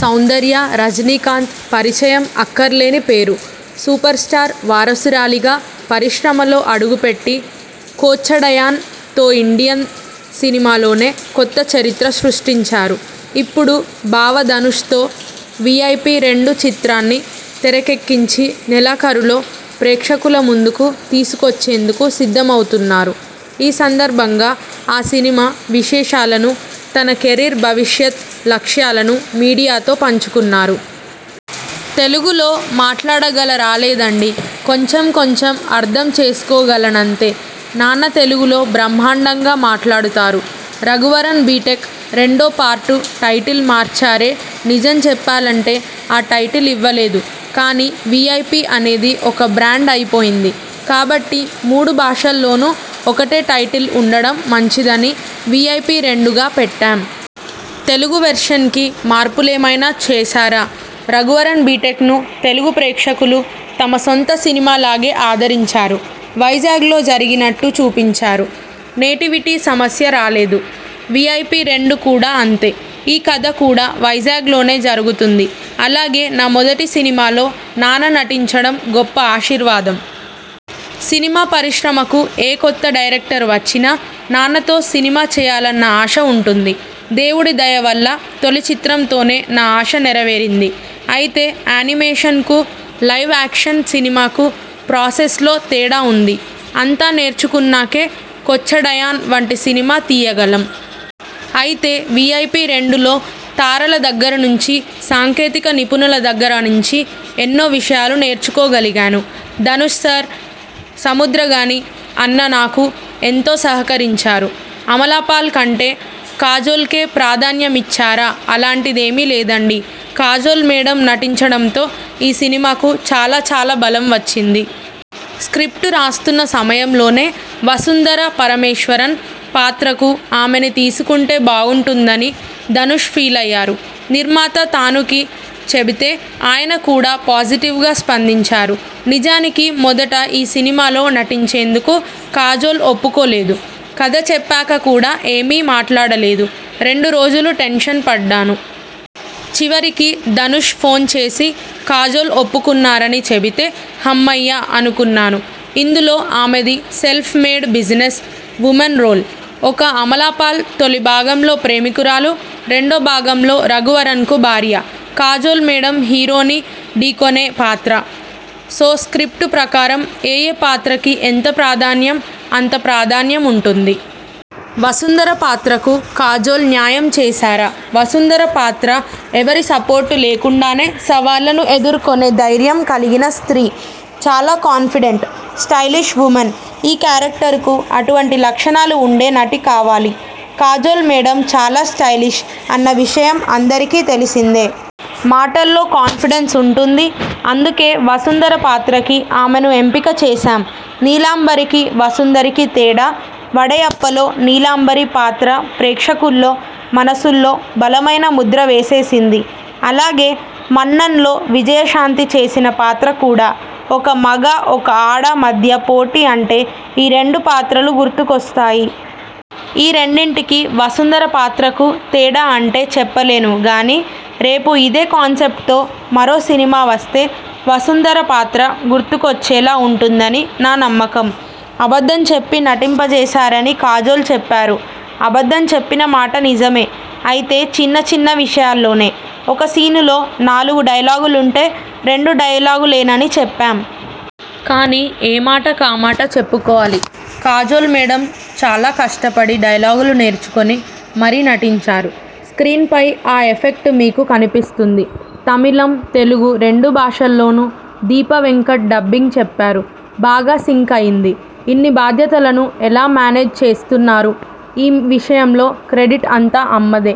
సౌందర్య రజనీకాంత్ పరిచయం అక్కర్లేని పేరు. సూపర స్టార్ వారసురాలిగా పరిశ్రమలో అడుగుపెట్టి 'కోచ్చడయాన్'తో ఇండియన్ సినిమాలోనే కొత్త చరిత్ర సృష్టించారు. ఇప్పుడు బావ ధనుష్తో 'వీఐపీరెండు' చిత్రాన్ని తెరకెక్కించి నెలాఖరులో ప్రేక్షకుల ముందుకు తీసుకొచ్చేందుకు సిద్ధమవుతున్నారు. ఈ సందర్భంగా ఆ సినిమా విశేషాలను, తన కెరీర్ భవిష్యత్ లక్ష్యాలను మీడియాతో పంచుకున్నారు. తెలుగులో మాట్లాడగలరాలేదండి. కొంచెం కొంచెం అర్థం చేసుకోగలనంతే. నాన్న తెలుగులో బ్రహ్మాండంగా మాట్లాడుతారు. 'రఘువరన్ బీటెక్' రెండో పార్టు టైటిల్ మార్చారే నిజం చెప్పాలంటే ఆ టైటిల్ ఇవ్వలేదు. కానీ, 'వీఐపి' అనేది ఒక బ్రాండ్ అయిపోయింది. కాబట్టి మూడు భాషల్లోనూ ఒకటే టైటిల్ ఉండడం మంచిదని 'వీఐపిరెండు'గా పెట్టాం. తెలుగు వెర్షన్ కి మార్పులేమైనా చేశారా'రఘువరన్ బీటెక్'ను తెలుగు ప్రేక్షకులు తమ సొంత సినిమాలాగే ఆదరించారు. వైజాగ్లో జరిగినట్టు చూపించారు. నేటివిటీ సమస్య రాలేదు. 'వీఐపిరెండు' కూడా అంతే. ఈ కథ కూడా వైజాగ్లోనే జరుగుతుంది. అలాగే నా మొదటి సినిమాలో నాన్న నటించడం గొప్ప ఆశీర్వాదం. సినిమా పరిశ్రమకు ఏ కొత్త డైరెక్టర్ వచ్చినా నాన్నతో సినిమా చేయాలన్న ఆశ ఉంటుంది. దేవుడి దయ వల్ల తొలి చిత్రంతోనే నా ఆశ నెర వేరింది. అయితే యానిమేషన్ కు, లైవ్ యాక్షన్ సినిమా కు ప్రాసెస్లో తేడా ఉంది. అంతా నేర్చుకున్నాకే 'కోచ్చడయాన్' వంటి సినిమా తీయగలం. అయితే 'వీఐపిరెండు' లో తారల దగ్గర నుంచి, సాంకేతిక నిపుణుల దగ్గర నుంచి ఎన్నో విషయాలు నేర్చుకోగలిగాను. ధనుష్ సార్, సముద్రగని అన్న నాకు ఎంతో సహకరించారు. అమలాపాల్ కంటే కాజోల్కే ప్రాధాన్యమిచ్చారా అలాంటిదేమి లేదండి. కాజోల్ మేడమ్ నటించడంతో ఈ సినిమాకు చాలా చాలా బలం వచ్చింది. స్ర్కిప్టు రాస్తున్న సమయంలోనే వసుంధర పరమేశ్వరన్ పాత్రకు ఆమెని తీసుకుంటే బాగుంటుందని ధనుష్ ఫీలయ్యారు. నిర్మాత థానుకి చెబితే ఆయన కూడా పాజిటివ్ గా స్పందించారు. నిజానికి మొదట ఈ సినిమాలో నటించేందుకు కాజోల్ ఒప్పుకోలేదు. కథ చెప్పాక కూడా ఏమీ మాట్లాడలేదు. రెండు రోజులు టెన్షన్ పడ్డాను. చివరికి ధనుష్ ఫోన్ చేసి కాజోల్ ఒప్పుకున్నారని చెబితే, హమ్మయ్య అనుకున్నాను. ఇందులో ఆమెది self made business woman role. ఇక అమలాపాల్ తొలి భాగంలో ప్రేమికురాలు. రెండో భాగంలో రఘువరన్కు భార్య. కాజోల్ మేడమ్ హీరోని ఢీకొనే పాత్ర. సో స్ర్కిప్టు ప్రకారం ఏయే పాత్రకి ఎంత ప్రాధాన్యం అంత ప్రాధాన్యం ఉంటుంది. వసుంధర పాత్రకు కాజోల్ న్యాయం చేశారా వసుంధర పాత్ర ఎవరి సపోర్టు లేకుండానే సవాళ్లను ఎదుర్కొనే ధైర్యం కలిగిన స్ర్తీ. చాలా కాన్ఫిడెంట్, స్టైలిష్ వుమన్. ఈ క్యారెక్టర్ కు అటువంటి లక్షణాలు ఉండే నటి కావాలి. కాజోల్ మేడమ్ చాలా స్టైలిష్ అన్న విషయం అందరికీ తెలిసిందే. మాటల్లో కాన్ఫిడెన్స్ ఉంటుంది. అందుకే వసుంధర పాత్రకి ఆమెను ఎంపిక చేశాం. నీలాంబరికి, వసుంధరకి తేడా 'వడయప్ప'లో నీలాంబరి పాత్ర ప్రేక్షకుల్లో మనసుల్లో బలమైన ముద్ర వేసేసింది. అలాగే 'మన్నన్'లో విజయశాంతి చేసిన పాత్ర కూడా. ఒక మగ, ఒక ఆడ మధ్య పోటీ అంటే ఈ రెండు పాత్రలు గుర్తుకొస్తాయి. ఈ రెండింటికీ, వసుంధర పాత్రకు తేడా అంటే చెప్పలేను గానీరేపు ఇదే కాన్సెప్ట్తో మరో సినిమా వస్తే వసుంధర పాత్ర గుర్తుకొచ్చేలా ఉంటుందని నా నమ్మకం. అబద్ధం చెప్పి నటింపజేశారని కాజోల్ చెప్పారు అబద్ధం చెప్పిన మాట నిజమే. అయితే చిన్నచిన్న విషయాల్లోనే. ఒక సీనులో నాలుగు డైలాగులుంటే రెండు డైలాగులేనని చెప్పాం. కానీ, ఏమాట కామాట చెప్పుకోవాలి కాజోల్ మేడమ్ చాలా కష్టపడి డైలాగులు నేర్చుకుని మరీ నటించారు. స్ర్కీన్ పై ఆ ఎఫెక్ట్ మీకు కనిపిస్తుంది. తమిళం, తెలుగు రెండు భాషల్లోనూ దీప వెంకట్ డబ్బింగ్ చెప్పారు. బాగా సింక్ అయ్యింది. ఇన్ని బాధ్యతలను ఎలా మేనేజ్ చేస్తున్నారుఈ విషయంలో క్రెడిట్ అంతా అమ్మదే.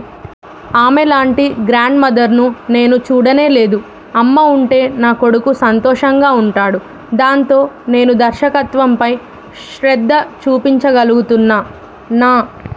ఆమె లాంటి గ్రాండ్ మదర్ను నేను చూడనేలేదు. అమ్మ ఉంటే నా కొడుకు సంతోషంగా ఉంటాడు. దాంతో నేను దర్శకత్వంపై శ్రద్ధ చూపించగలుగుతున్నా. నా